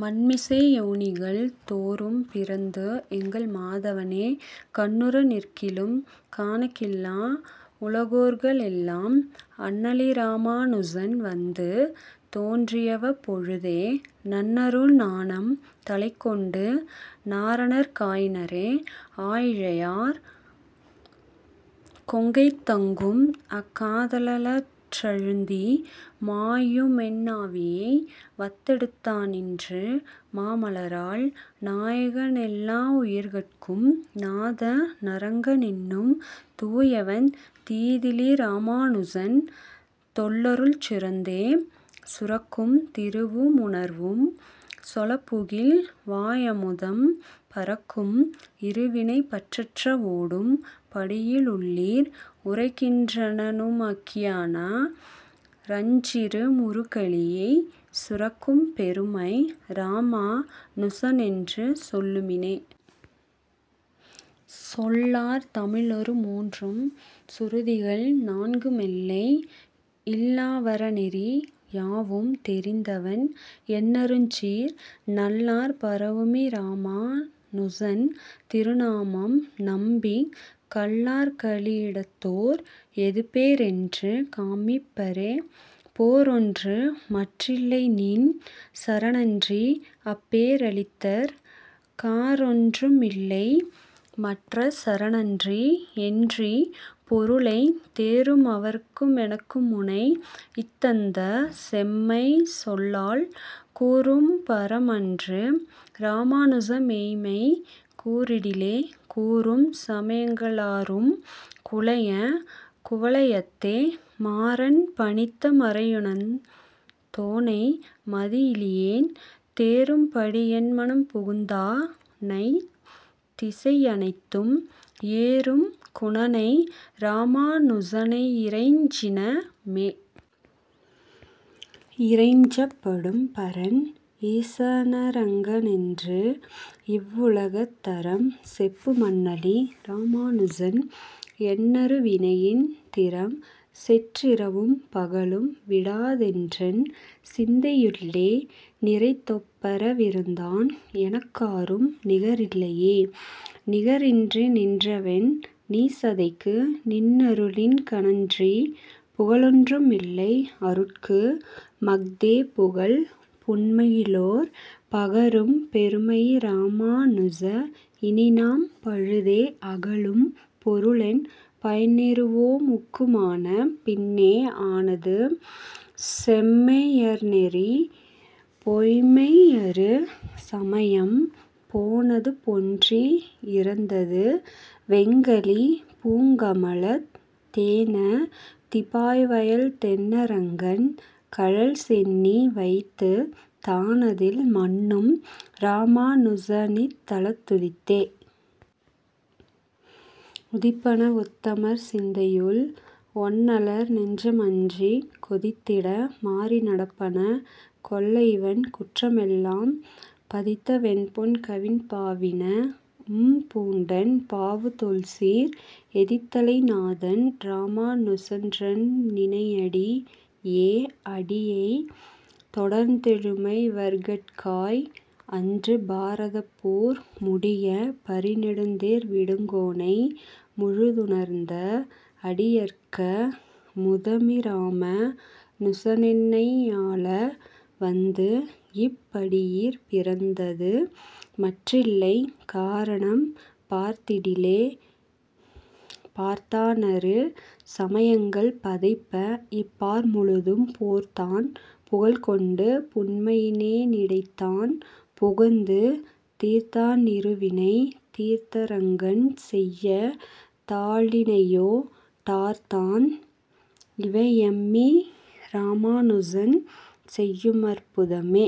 மண்மிசையோனிகள் தோறும் பிறந்து எங்கள் மாதவனே கண்ணுறநிற்கிலும் காணகில்லா உலகோர்களெல்லாம் அண்ணலிராமாநுசன் வந்து தோன்றியவப்பொழுதே நண்ணருஞானம் தலைக்கொண்டு நாரணற்காயினரே.. ஆயிழையார் கொங்கைதங்கும் அக்காதலளற்றழுந்தி மாயுமென்னாவியை வந்தெடுத்தானின்று மாமலராள் நாயகனெல்லாவுயிர்கட்கும் நாத னரங்கனென்னும் தூயவன் தீதிலிராமாநுசன் தொல்லருள்சுரந்தே.. சுரக்கும் திருவுமுணர்வும் சொலப்புகில் வாயமுதம் பரக்கும் இருவினைபற்றறவோடும் படியிலுள்ளீர் உரைக்கின்றனனுமக்கியானறஞ்சீறுமுறுகலியைத் துரக்கும் பெருமை இராமா னுசனென்று சொல்லுமினே.. சொல்லார் தமிழொருமூன்றும் சுருதிகள் நான்குமெல்லை யில்லாவறநெறி யாவும் தெரிந்தவன் எண்ணருஞ்சீர் நல்லார் பரவுமிராமா னுசன் திருநாமம் நம்பிக் கல்லார்கலிடத்தோர் எதுபேறென்று காமிப்பரே.. பேறொன்று மற்றில்லைநின் சரணன்றி அப்பேறளித்தற் காறொன்றுமில்லை மற்றச் சரணன்றி என்றிப் பொருளைத் தேறுமவர்க்குமெனக்குமுனைத்தந்த செம்மை சொல்லால் கூறும்பரமன்று இராமாநுசமெய்ம்மை கூறிடிலே.. கூறும் சமயங்களாறும் குலைய குவலயத்தே மாறன்பணித்தமறையுணர்ந்தோனை மதியிலியேன் தேறும்படியென்மனம்புகுந்தானைத் திசையனைத்தும் ஏறும் குணனை இராமாநுசனையிறைஞ்சினமே.. இறைஞ்சப்படும் பரன் ஈசனரங்கனென்று இவ்வுலகத் தறம் செப்புமண்ணலி ராமாநுசன் என்னருவினையின் திறம் செற்றிரவும் பகலும் விடாதென்றன் சிந்தையுள்ளே நிறைந்தொப்பறவிருந்தான் எனக்காரும் நிகரில்லையே.. நிகரின்றிநின்றவென் நீசதைக்கு நின்னருளின்கணன்றிப் புகலொன்றுமில்லை அருட்கு மஃதே புகல் புன்மையிலோர் பகரும் பெருமையிராமாநுச இனிநாம் பழுதே அகலும் பொருளென் பயனிருவோமுக்குமான பின்னே.. ஆனது செம்மையற்நெறி பொய்ம்மையறு சமயம் போனது பொன்றி யிறந்தது வெங்கலி பூங்கமலத் தேன திபாய்வயல்தென்னரங்கன் கழல் சென்னி வைத்துத் தானதில் மன்னும் இராமாநுசனித்தலத்துதித்தே.. உதிப்பனவுத்தமர்சிந்தையுள் ஒன்னலர்நெஞ்சமஞ்சிக் கொதித்திட மாறி நடப்பன கொள்ளைவன் குற்றமெல்லாம் பதித்தவென்புன்கவிப்பாவினம்பூண்டன் பாவுதொல்சீர் எதித்தலைநாதன் இராமாநுசன்றன்னிணையடியே.. அடியைத் தொடர்ந்தெழுமைவர்கட்காய் அன்று பாரதப்போர் முடியப் பரிநெடுந்தேர்விடுங்கோனை முழுதுணர்ந்த அடியர்க்க முதமிராமா னுசனென்னையாள வந்து இப் படியிற் பிறந்தது மற்றில்லை காரணம் பார்த்திடிலே.. பார்த்தானறு சமயங்கள் பதைப்ப இப்பார்முழுதும் போர்த்தான் புகழ் கொண்டு புன்மையினேனிடைத்தான் புகுந்து தீர்த்தானிருவினை தீர்த்தரங்கன் செய்ய தாளிணையோ டார்த்தான் இவையெம்மிராமாநுசன் செய்யுமற்புதமே..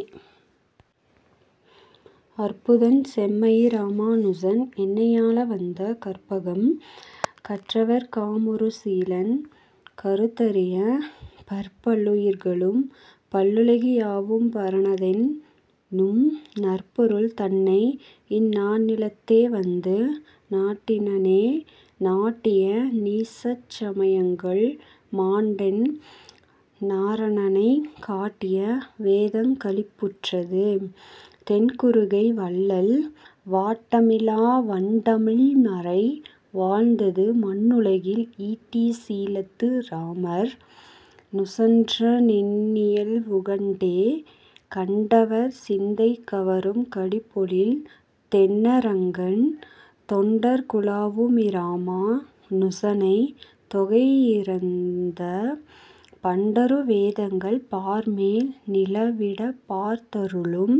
அற்புதன் செம்மையிராமாநுசன் என்னையாளவந்த கற்பகம் கற்றவர்காமுறுசீலன் கருதரிய பற்பல்லுயிர்களும் பல்லுலகியாவும்பரனதென்னும் நற்பொருள் தன்னை இந்நானிலத்தேவந்து நாட்டினனே.. நாட்டிய நீசச்சமயங்கள் மாண்டன் நாரணனைக் காட்டிய வேதம்களிப்புற்றது தென்குருகை வள்ளல் வாட்டமிலாவண்டமிழ்மறைவாழ்ந்தது மண்ணுலகில் ஈட்டியசீலத்து இராமர் நுசன்றன்னியல்வுகண்டே.. கண்டவர் சிந்தை கவரும் கடிபொழில் தென்னரங்கன் தொண்டர்குலாவுமிராமா னுசனை தொகையிறந்த பண்டரு வேதங்கள் பார்மேல் நிலவிடப்பார்த்தருளும்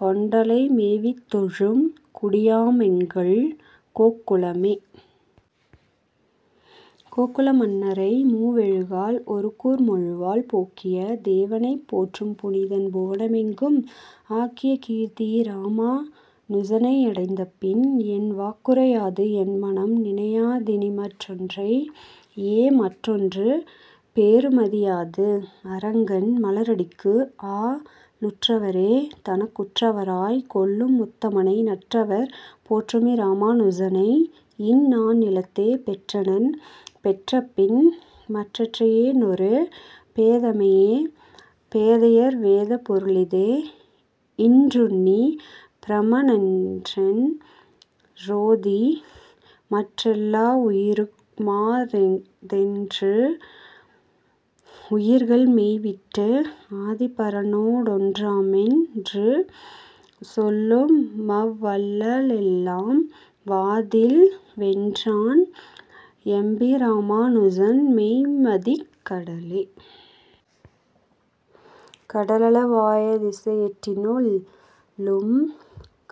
கொண்டலைமேவித்தொழும் குடியாமெங்கள் கோக்குலமே.. கோக்குலமன்னரை மூவெழுகால் ஒருகூர்மழுவால் போக்கிய தேவனைப் போற்றும் புனிதன் புவனமெங்கும் ஆக்கியகீர்த்தியிராமா னுசனையடைந்தபின் என் வாக்குரையாது என் மனம் நினையாதினிமற்றொன்றையே.. மற்றொரு பேறுமதியாது அரங்கன் மலரடிக்கு ஆ ளுற்றவரே தனக்குற்றவராய்க் கொள்ளுமுத்தமனை நற்றவர் போற்றுமிராமானுசனை யிந்நானிலத்தே பெற்றனன் பெற்றபின் மற்றறியேனொரு பேதைமையே. பேதையர்வேதப்பொருளிதென்றுன்னி பிரமநன்றென் றோதி மற்றெல்லாவுயிருமஃதென்று உயிர்கள் மெய்விட்டு ஆதிப்பரனோடொன்றாமென்று சொல்லுமவ்வல்லலெல்லாம் வாதில் வென்றான் எம்மிராமாநுசன்மெய்ம்மதிக்கடலே.. கடலளவாயதிசையெட்டினுள்ளும்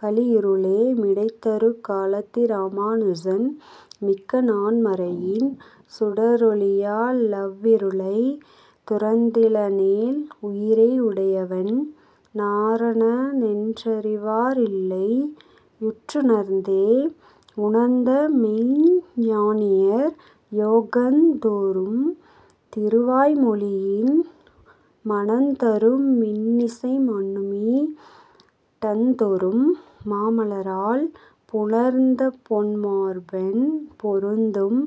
கலியிருளே மிடைதருகாலத்திராமாநுசன் மிக்க நான்மறையின் சுடரொளியாலவ்விருளைத் துரந்திலனேல் உயிரை உடையவன் நாரணனென்றறிவாரில்லையுற்றுணர்ந்தே.. உணர்ந்தமெய்ஞ்ஞானியர் யோகந்தொறும் திருவாய்மொழியின் மணந்தருமின்னிசைமன்னுமிடந்தொறும் மாமலராள் புணர்ந்தபொன்மார்பன் பொருந்தும்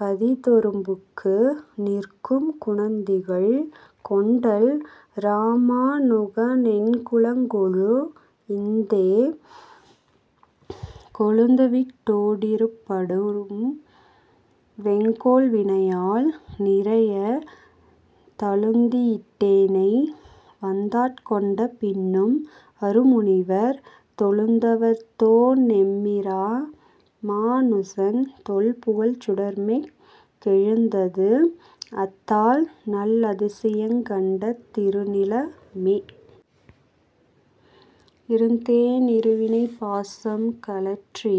பதிதொறும்புக்கு நிற்கும் குணந்திகழ் கொண்டல் இராமாநுகனெங்குலக்கொழுந்தே.. கொழுந்துவிட்டோடிப்படரும் வெங்கோள்வினையால் நிரயத் தழுந்தியிட்டேனை வந்தாட்கொண்ட பின்னும் அருமுனிவர் தொழுந்தவத்தோனெம்மிராமாநுசன் தொல்புகழ்சுடர்மிக் கெழுந்தது அத்தால் நல்லதிசயங்கண்டதிருநிலமே.. இருந்தேனிருவினைப்பாசம் கழற்றி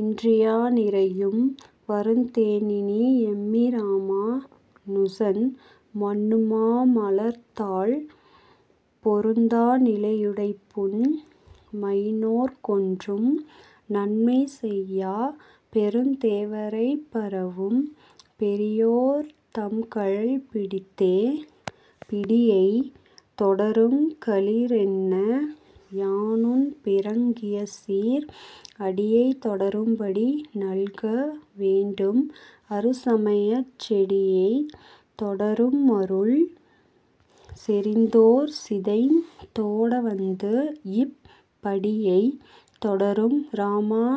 இன்றியானிறையும் வருந்தேனினியெம்மிராமா னுசன் மன்னுமாமலர்த்தாள் பொருந்தாநிலையுடைப்புன்மையினோர்க்கொன்றும் நன்மை செய்யாப் பெருந்தேவரைப்பரவும் பெரியோர்தம்கழல் பிடித்தே.. பிடியைத் தொடரும்களிறென்ன யானுன்பிறங்கியசீர் அடியைத் தொடரும்படி நல்க வேண்டும் அறுசமயச் செடியைத் தொடரும்மருள் செறிந்தோர் சிதைந் தோடவந்து இப் படியைத் தொடரும் இராமாநுசாமிக்க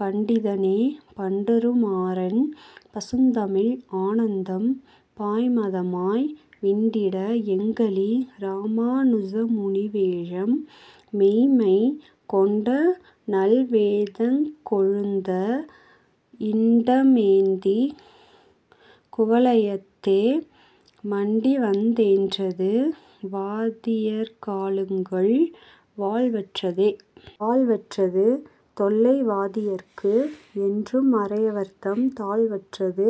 பண்டிதனே.. பண்டருமாறன் பசுந்தமிழ் ஆனந்தம் பாய்மதமாய் விண்டிட எங்களி ராமாநுசமுனிவேழம் மெய்ம்மை கொண்டநல்வேதக்கொழுந்தண்டமேந்திக் குவலயத்தே மண்டிவந்தேன்றது வாதியர்காளுங்கள் வாழ்வற்றதே.. வாழ்வற்றது தொல்லைவாதியர்க்கு என்றும் மறையவர்தம் தாழ்வற்றது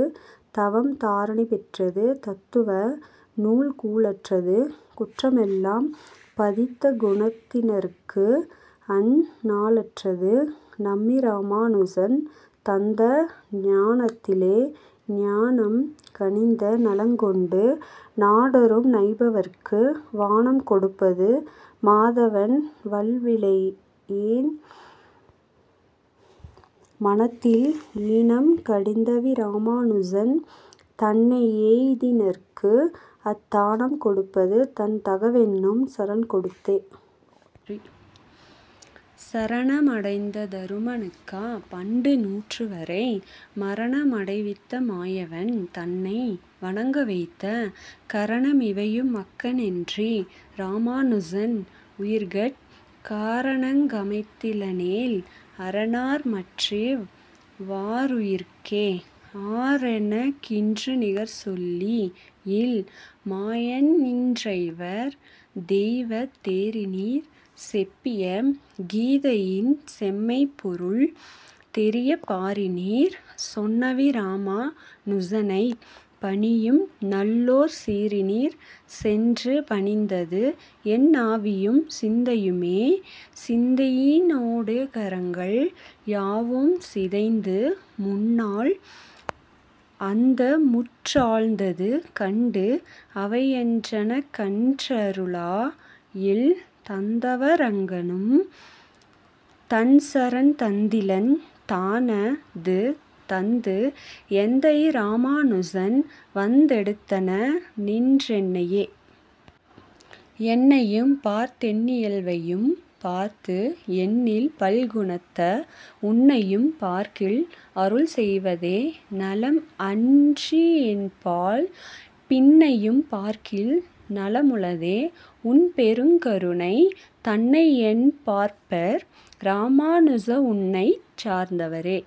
தவம் தாரணிபெற்றது தத்துவ நூல் கூழற்றது குற்றமெல்லாம் பதித்தகுணத்தினர்க்கு அந் நாழற்றது நம்மிராமாநுசன் தந்த ஞானத்திலே.. ஞானம் கனிந்த நலங்கொண்டு நாடொறும் நைபவர்க்கு வானம் கொடுப்பது மாதவன் வல்வினையேன் மனத்தில் ஈனம் கடிந்தவிராமாநுசன் தன்னையெய்தினர்க்கு அத் தானம் கொடுப்பது தன் தகவென்னும் சரண்கொடுத்தே.. சரணமடைந்ததருமனுக்கா பண்டு நூற்றுவரை மரணமடைவித்தமாயவன் தன்னை வணங்கவைத்த கரணமிவையுமக்கன்றென்றி ராமாநுசன் உயிர்கட் கரணங்கமைத்திலனேல் அரணார்மற்றிவ் வாருயிர்க்கே.. ஆரெனக்கின்றுநிகர்சொல்லில் மாயன்ன்றைவர் தெய்வத் தேரினிற் செப்பிய கீதையின் செம்மை பொருள் தெரியப் பாரினிற் சொன்னவிராமா னுசனைப் பணியும் நல்லோர் சீரினிற் சென்று பணிந்தது என்னாவியும் சிந்தையுமே.. சிந்தையினோடுகரணங்கள் யாவும் சிதைந்து முன்னாள் அந்தமுற்றாழ்ந்தது கண்டு அவையென்றனக்கன்றருளால் தந்தவரங்கனும் தன்சரண்தந்திலன் தான து தந்து எந்தையிராமாநுசன் வந்தெடுத்தன னின்றென்னையே.. என்னையும் பார்த்தென்னியல்வையும் பார்த்து எண்ணில் பல்குணத்த உன்னையும் பார்க்கில் அருள் செய்வதே நலம் அன்றியென்பால் பின்னையும் பார்க்கில் நலமுளதே உன்பெருங்கருணை தன்னையென்பார்ப்பர் இராமாநுசாவுன்னைச் சார்ந்தவரே.